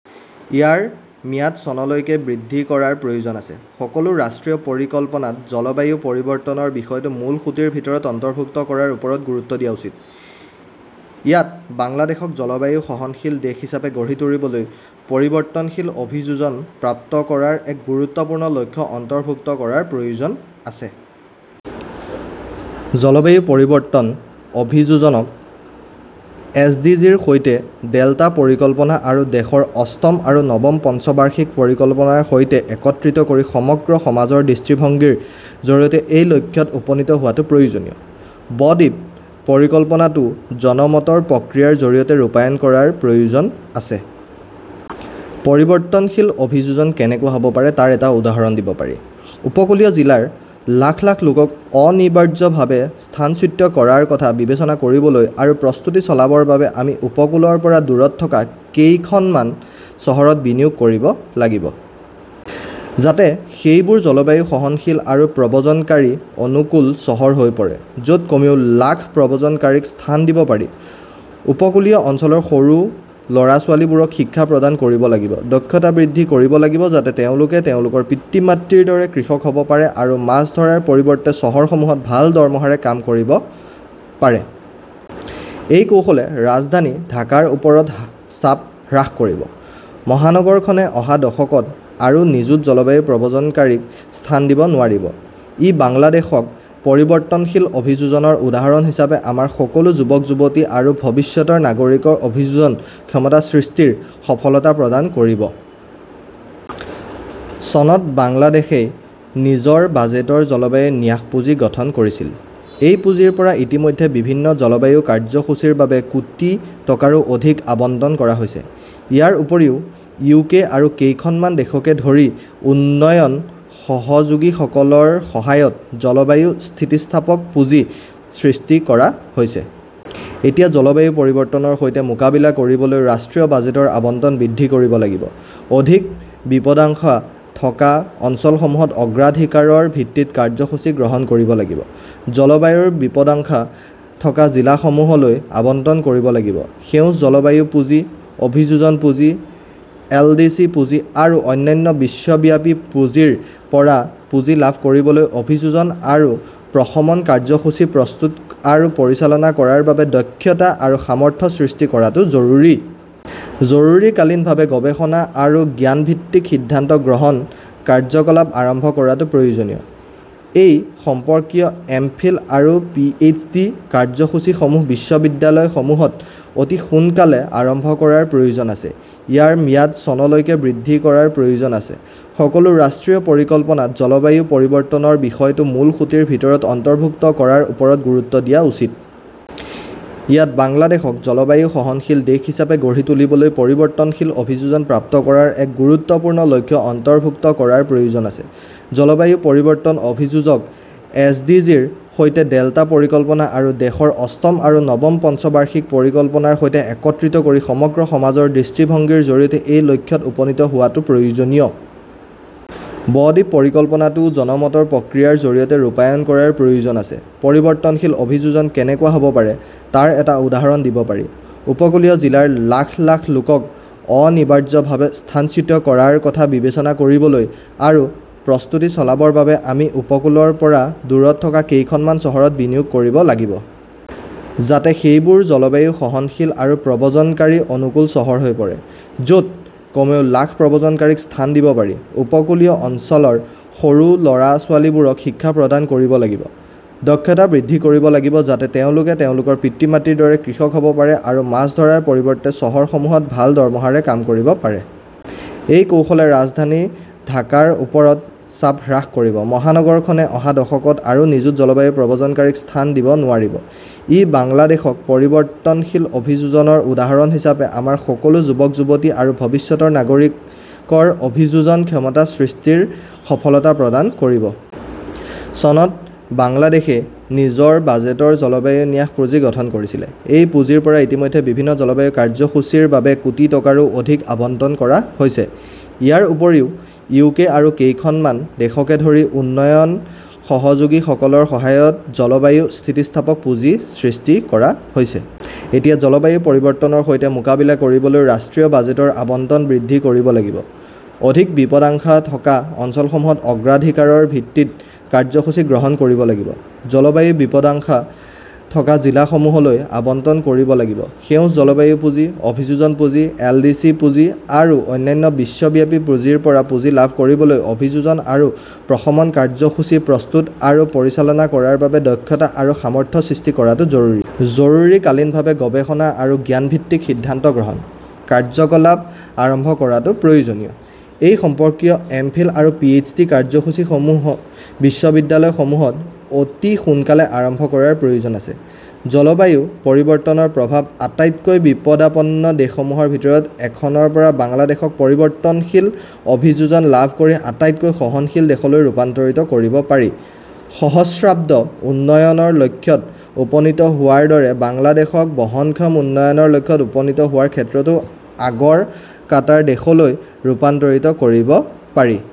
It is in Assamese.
ইয়াৰ ম্যাদ চনলৈকে বৃদ্ধি কৰাৰ প্ৰয়োজন আছে। সকলো ৰাষ্ট্ৰীয় পৰিকল্পনাত জলবায়ু পৰিৱৰ্তনৰ বিষয়টো মূলসুঁতিৰ ভিতৰত অন্তৰ্ভুক্ত কৰাৰ ওপৰত গুৰুত্ব দিয়া উচিত। ইয়াত বাংলাদেশক জলবায়ু-সহনশীল দেশ হিচাপে গঢ়ি তুলিবলৈ পৰিৱৰ্তনশীল অভিযোজন প্ৰাপ্ত কৰাৰ এক গুৰুত্বপূৰ্ণ লক্ষ্য অন্তৰ্ভুক্ত কৰাৰ প্ৰয়োজন আছে। জলবায়ু পৰিৱৰ্তন অভিযোজনক এছ ডি জিৰ সৈতে ডেল্টা পৰিকল্পনা আৰু দেশৰ অষ্টম আৰু নৱম পঞ্চবাৰ্ষিক পৰিকল্পনাৰ সৈতে একত্ৰিত কৰি সমগ্ৰ সমাজৰ দৃষ্টিভংগীৰ জৰিয়তে এই লক্ষ্যত উপনীত হোৱাটো প্ৰয়োজনীয়। ব-দ্বীপ পৰিকল্পনাটোও জনমতৰ প্ৰক্ৰিয়াৰ জৰিয়তে ৰূপায়ণ কৰাৰ প্ৰয়োজন আছে। পৰিৱৰ্তনশীল অভিযোজন কেনেকুৱা হ'ব পাৰে তাৰ এটা উদাহৰণ দিব পাৰি। উপকূলীয় জিলাৰ লাখ লাখ লোকক অনিবাৰ্যভাৱে স্থানচ্যুত কৰাৰ কথা বিবেচনা কৰিবলৈ আৰু প্ৰস্তুতি চলাবৰ বাবে আমি উপকূলৰ পৰা দূৰত থকা কেইখনমান চহৰত বিনিয়োগ কৰিব লাগিব। যাতে সেইবোৰ জলবায়ু-সহনশীল আৰু প্ৰব্ৰজনকাৰী-অনুকূল চহৰ হৈ পৰে, য'ত কমেও লাখ প্ৰব্ৰজনকাৰীক স্থান দিব পাৰি। উপকূলীয় অঞ্চলৰ সৰু ল'ৰা-ছোৱালীবোৰক শিক্ষা প্ৰদান কৰিব লাগিব। দক্ষতা বৃদ্ধি কৰিব লাগিব যাতে তেওঁলোকে তেওঁলোকৰ পিতৃ-মাতৃৰ দৰে কৃষক হ'ব পাৰে আৰু মাছ ধৰাৰ পৰিৱৰ্তে চহৰসমূহত ভাল দৰমহাৰে কাম কৰিব পাৰে। এই কৌশলে ৰাজধানী ঢাকাৰ ওপৰত চাপ হ্ৰাস কৰিব। মহানগৰখনে অহা দশকত আৰু নিযুত জলবায়ু প্ৰব্ৰজনকাৰীক স্থান দিব নোৱাৰিব। ই বাংলাদেশক পৰিৱৰ্তনশীল অভিযোজনৰ উদাহৰণ হিচাপে আমাৰ সকলো যুৱক-যুৱতী আৰু ভৱিষ্যতৰ নাগৰিকৰ অভিযোজন ক্ষমতা সৃষ্টিৰ সফলতা প্ৰদান কৰিব। চনত বাংলাদেশই নিজৰ বাজেটত জলবায়ু ন্যাস পুঁজি গঠন কৰিছিল। এই পুঁজিৰ পৰা ইতিমধ্যে বিভিন্ন জলবায়ু কাৰ্যসূচীৰ বাবে কোটি টকাৰো অধিক আবণ্টন কৰা হৈছে। ইয়াৰ উপৰিও ইউকে আৰু কেইখনমান দেশকে ধৰি উন্নয়ন সহযোগীসকলৰ সহায়ত জলবায়ু স্থিতিস্থাপক পুঁজি সৃষ্টি কৰা হৈছে। এতিয়া জলবায়ু পৰিৱৰ্তনৰ সৈতে মোকাবিলা কৰিবলৈ ৰাষ্ট্ৰীয় বাজেটৰ আবণ্টন বৃদ্ধি কৰিব লাগিব। অধিক বিপদাশংকা থকা অঞ্চলসমূহত অগ্ৰাধিকাৰৰ ভিত্তিত কাৰ্যসূচী গ্ৰহণ কৰিব লাগিব। জলবায়ুৰ বিপদাশংকা থকা জিলাসমূহলৈ আবণ্টন কৰিব লাগিব। সেউজ জলবায়ু পুঁজি, অভিযোজন পুঁজি, এল ডি চি পুঁজি আৰু অন্যান্য বিশ্বব্যাপী পুঁজিৰ পৰা পুঁজি লাভ কৰিবলৈ অভিযোজন আৰু প্ৰশমন কাৰ্যসূচী প্ৰস্তুত আৰু পৰিচালনা কৰাৰ বাবে দক্ষতা আৰু সামৰ্থ্য সৃষ্টি কৰাটো জৰুৰী। জৰুৰীকালীনভাৱে গৱেষণা আৰু জ্ঞানভিত্তিক সিদ্ধান্ত গ্ৰহণ, কাৰ্যকলাপ আৰম্ভ কৰাটো প্ৰয়োজনীয়। এই সম্পৰ্কীয় এমফিল আৰু পিএইচডি কাৰ্যসূচীসমূহ বিশ্ববিদ্যালয়সমূহত অতি সোনকালে আৰম্ভ কৰাৰ প্ৰয়োজন ইয়াৰ ম্যাদ চনলৈকে বৃদ্ধি কৰাৰ প্ৰয়োজন আছে। সকলো ৰাষ্ট্ৰীয় পৰিকল্পনাত জলবায়ু পৰিৱৰ্তনৰ বিষয়টো মূলসুঁতিৰ ভিতৰত অন্তৰ্ভুক্ত কৰাৰ ওপৰত গুৰুত্ব দিয়া উচিত। ইয়াত বাংলাদেশক জলবায়ু-সহনশীল দেশ হিচাপে গঢ়ি তুলিবলৈ পৰিৱৰ্তনশীল অভিযোজন প্ৰাপ্ত কৰাৰ এক গুৰুত্বপূৰ্ণ লক্ষ্য অন্তৰ্ভুক্ত কৰাৰ প্ৰয়োজন আছে। জলবায়ু পৰিৱৰ্তন অভিযোজনক এছ ডি জিৰ সৈতে ডেল্টা পৰিকল্পনা আৰু দেশৰ অষ্টম আৰু নৱম পঞ্চবাৰ্ষিক পৰিকল্পনাৰ সৈতে একত্ৰিত কৰি সমগ্ৰ সমাজৰ দৃষ্টিভংগীৰ জৰিয়তে এই লক্ষ্যত উপনীত হোৱাটো প্ৰয়োজনীয়। ব-দ্বীপ পৰিকল্পনাটোও জনমতৰ প্ৰক্ৰিয়াৰ জৰিয়তে ৰূপায়ণ কৰাৰ প্ৰয়োজন আছে। পৰিৱৰ্তনশীল অভিযোজন কেনেকুৱা হ'ব পাৰে তাৰ এটা উদাহৰণ দিব পাৰি। উপকূলীয় জিলাৰ লাখ লাখ লোকক অনিবাৰ্যভাৱে স্থানচ্যুত কৰাৰ কথা বিবেচনা কৰিবলৈ আৰু প্ৰস্তুতি চলাবৰ বাবে আমি উপকূলৰ পৰা দূৰত থকা কেইখনমান চহৰত বিনিয়োগ কৰিব লাগিব। যাতে সেইবোৰ জলবায়ু-সহনশীল আৰু প্ৰব্ৰজনকাৰী-অনুকূল চহৰ হৈ পৰে, য'ত কমেও লাখ প্ৰব্ৰজনকাৰীক স্থান দিব পাৰি। উপকূলীয় অঞ্চলৰ সৰু ল'ৰা-ছোৱালীবোৰক শিক্ষা প্ৰদান কৰিব লাগিব। দক্ষতা বৃদ্ধি কৰিব লাগিব যাতে তেওঁলোকে তেওঁলোকৰ পিতৃ-মাতৃৰ দৰে কৃষক হ'ব পাৰে আৰু মাছ ধৰাৰ পৰিৱৰ্তে চহৰসমূহত ভাল দৰমহাৰে কাম কৰিব পাৰে। এই কৌশলে ৰাজধানী ঢাকাৰ ওপৰত চাপ হ্ৰাস কৰিব। মহানগৰখনে অহা দশকত আৰু নিযুত জলবায়ু প্ৰব্ৰজনকাৰীক স্থান দিব নোৱাৰিব। ই বাংলাদেশক পৰিৱৰ্তনশীল অভিযোজনৰ উদাহৰণ হিচাপে আমাৰ সকলো যুৱক-যুৱতী আৰু ভৱিষ্যতৰ নাগৰিকৰ অভিযোজন ক্ষমতা সৃষ্টিৰ সফলতা প্ৰদান কৰিব। চনত বাংলাদেশই নিজৰ বাজেটত জলবায়ু ন্যাস পুঁজি গঠন কৰিছিল। এই পুঁজিৰ পৰা ইতিমধ্যে বিভিন্ন জলবায়ু কাৰ্যসূচীৰ বাবে কোটি টকাৰো অধিক আবণ্টন কৰা হৈছে। ইয়াৰ উপৰিও ইউকে আৰু কেইখনমান দেশকে ধৰি উন্নয়ন সহযোগীসকলৰ সহায়ত জলবায়ু স্থিতিস্থাপক পুঁজি সৃষ্টি কৰা হৈছে। এতিয়া জলবায়ু পৰিৱৰ্তনৰ সৈতে মোকাবিলা কৰিবলৈ ৰাষ্ট্ৰীয় বাজেটৰ আবণ্টন বৃদ্ধি কৰিব লাগিব। অধিক বিপদাশংকা থকা অঞ্চলসমূহত অগ্ৰাধিকাৰৰ ভিত্তিত কাৰ্যসূচী গ্ৰহণ কৰিব লাগিব। জলবায়ুৰ বিপদাশংকা থকা জিলাসমূহলৈ আবণ্টন কৰিব লাগিব। সেউজ জলবায়ু পুঁজি, অভিযোজন পুঁজি, এল ডি চি পুঁজি আৰু অন্যান্য বিশ্বব্যাপী পুঁজিৰ পৰা পুঁজি লাভ কৰিবলৈ অভিযোজন আৰু প্ৰশমন কাৰ্যসূচী প্ৰস্তুত আৰু পৰিচালনা কৰাৰ বাবে দক্ষতা আৰু সামৰ্থ্য সৃষ্টি কৰাটো জৰুৰী। জৰুৰীকালীনভাৱে গৱেষণা আৰু জ্ঞানভিত্তিক সিদ্ধান্ত গ্ৰহণ, কাৰ্যকলাপ আৰম্ভ কৰাটো প্ৰয়োজনীয়। এই সম্পৰ্কীয় এমফিল আৰু পিএইচডি কাৰ্যসূচীসমূহ বিশ্ববিদ্যালয়সমূহত অতি সোনকালে আৰম্ভ কৰাৰ প্ৰয়োজন আছে। জলবায়ু পৰিৱৰ্তনৰ প্ৰভাৱত আটাইতকৈ বিপদাপন্ন দেশসমূহৰ ভিতৰত এখনৰ পৰা বাংলাদেশক পৰিৱৰ্তনশীল অভিযোজন লাভ কৰি আটাইতকৈ সহনশীল দেশলৈ ৰূপান্তৰিত কৰিব পাৰি। সহস্ৰাব্দ উন্নয়ন লক্ষ্যত উপনীত হোৱাৰ দৰে, বাংলাদেশক বহনক্ষম উন্নয়ন লক্ষ্যত উপনীত হোৱাৰ ক্ষেত্ৰতো আগৰ কাটাৰ দেশলৈ ৰূপান্তৰিত কৰিব পাৰি।